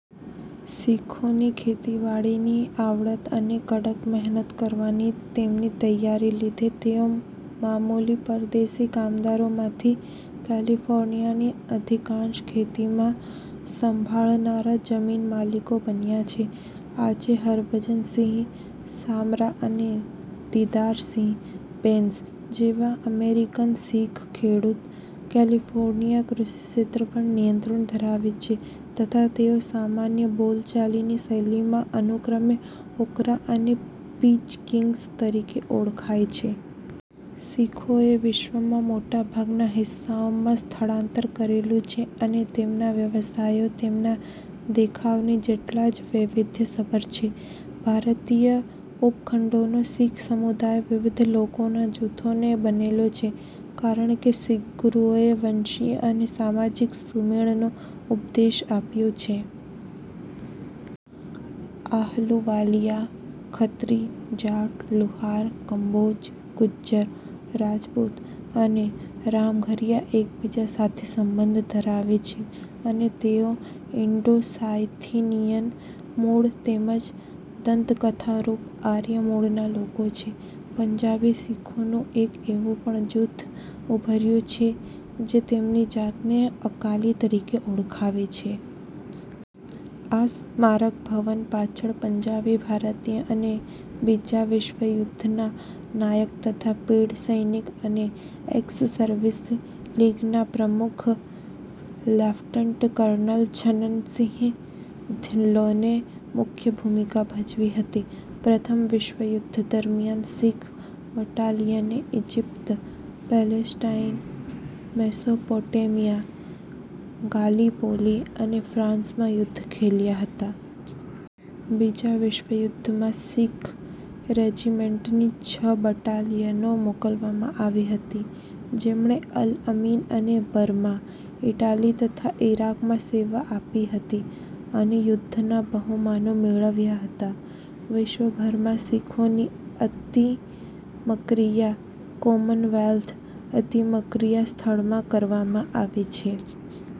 શીખોની ખેતીવાડીની આવડત અને કડક મહેનત કરવાની તેમની તૈયારીને લીધે તેઓ મામૂલી પરદેશી કામદારોમાંથી કેલિફોર્નિયાની અધિકાંશ ખેતીવાડી સંભાળનારા જમીન માલિકો બન્યાં છે. આજે હરભજનસિંહ સામરા અને દિદારસિંહ બૈંસ જેવા અમેરિકન શીખ ખેડૂતો કેલિફોર્નિયાના કૃષિક્ષેત્ર પર નિયંત્રણ ધરાવે છે તથા તેઓ સામાન્ય બોલચાલની શૈલીમાં અનુક્રમે "ઓકરા" અને "પીચ" કિંગ્સ તરીકે ઓળખાય છે. શીખોએ વિશ્વનાં મોટાભાગના હિસ્સાઓમાં સ્થળાંતર કરેલું છે અને તેમના વ્યવસાયો તેમનાં દેખાવની જેટલા જ વૈવિધ્યસભર છે. ભારતીય ઉપખંડનો શીખ સમુદાય વિવિધ લોકોના જૂથોને બનેલો છે કારણકે શીખ ગુરુઓએ વંશીય અને સામાજિક સુમેળનો ઉપદેશ આપ્યો હતો. આહલુવાલિયા, ખત્રી, જાટ, લુહાર, કંબોજ, ગુજ્જર, રાજપુત અને રામઘરિયા એકબીજા સાથે સંબંધ ધરાવે છે અને તેઓ ઈન્ડો-સાયથિનીયન મૂળ તેમજ દંતકથારૂપ આર્ય મૂળના લોકો છે. પંજાબી શીખોનું એક એવુ પણ જૂથ ઉભર્યુ છે જે તેમની જાતને અકાલી તરીકે ઓળખાવે છે. આ સ્મારક ભવન પાછળ પંજાબી ભારતીય અને બીજા વિશ્વયુદ્ધનાં નાયક તથા પીઢ સૈનિક અને એક્સ-સર્વિસ લીગ નાં પ્રમુખ લેફ્ટનન્ટ કર્નલ છનન સિંઘ ધિલ્લોને મુખ્ય ભૂમિકા ભજવી હતી. પ્રથમ વિશ્વયુદ્ધ દરમિયાન, શીખ બટાલિયને ઈજિપ્ત, પેલેસ્ટાઈન, મેસોપોટેમિયા, ગાલીપોલી અને ફ્રાન્સમાં યુદ્ધ ખેલ્યાં હતા. બીજા વિશ્વયુદ્ધમાં શીખ રેજિમેન્ટની છ બટાલિયનો મોકલવામાં આવી હતી, જેમણે અલ અમીન અને બર્મા, ઈટાલી તથા ઈરાકમાં સેવા આપી હતી અને યુદ્ધના બહુમાનો મેળવ્યાં હતા. વિશ્વભરમાં શીખોની અતિમક્રિયા કોમનવેલ્થ અતિમક્રિયા સ્થળમાં કરવામાં આવે છે.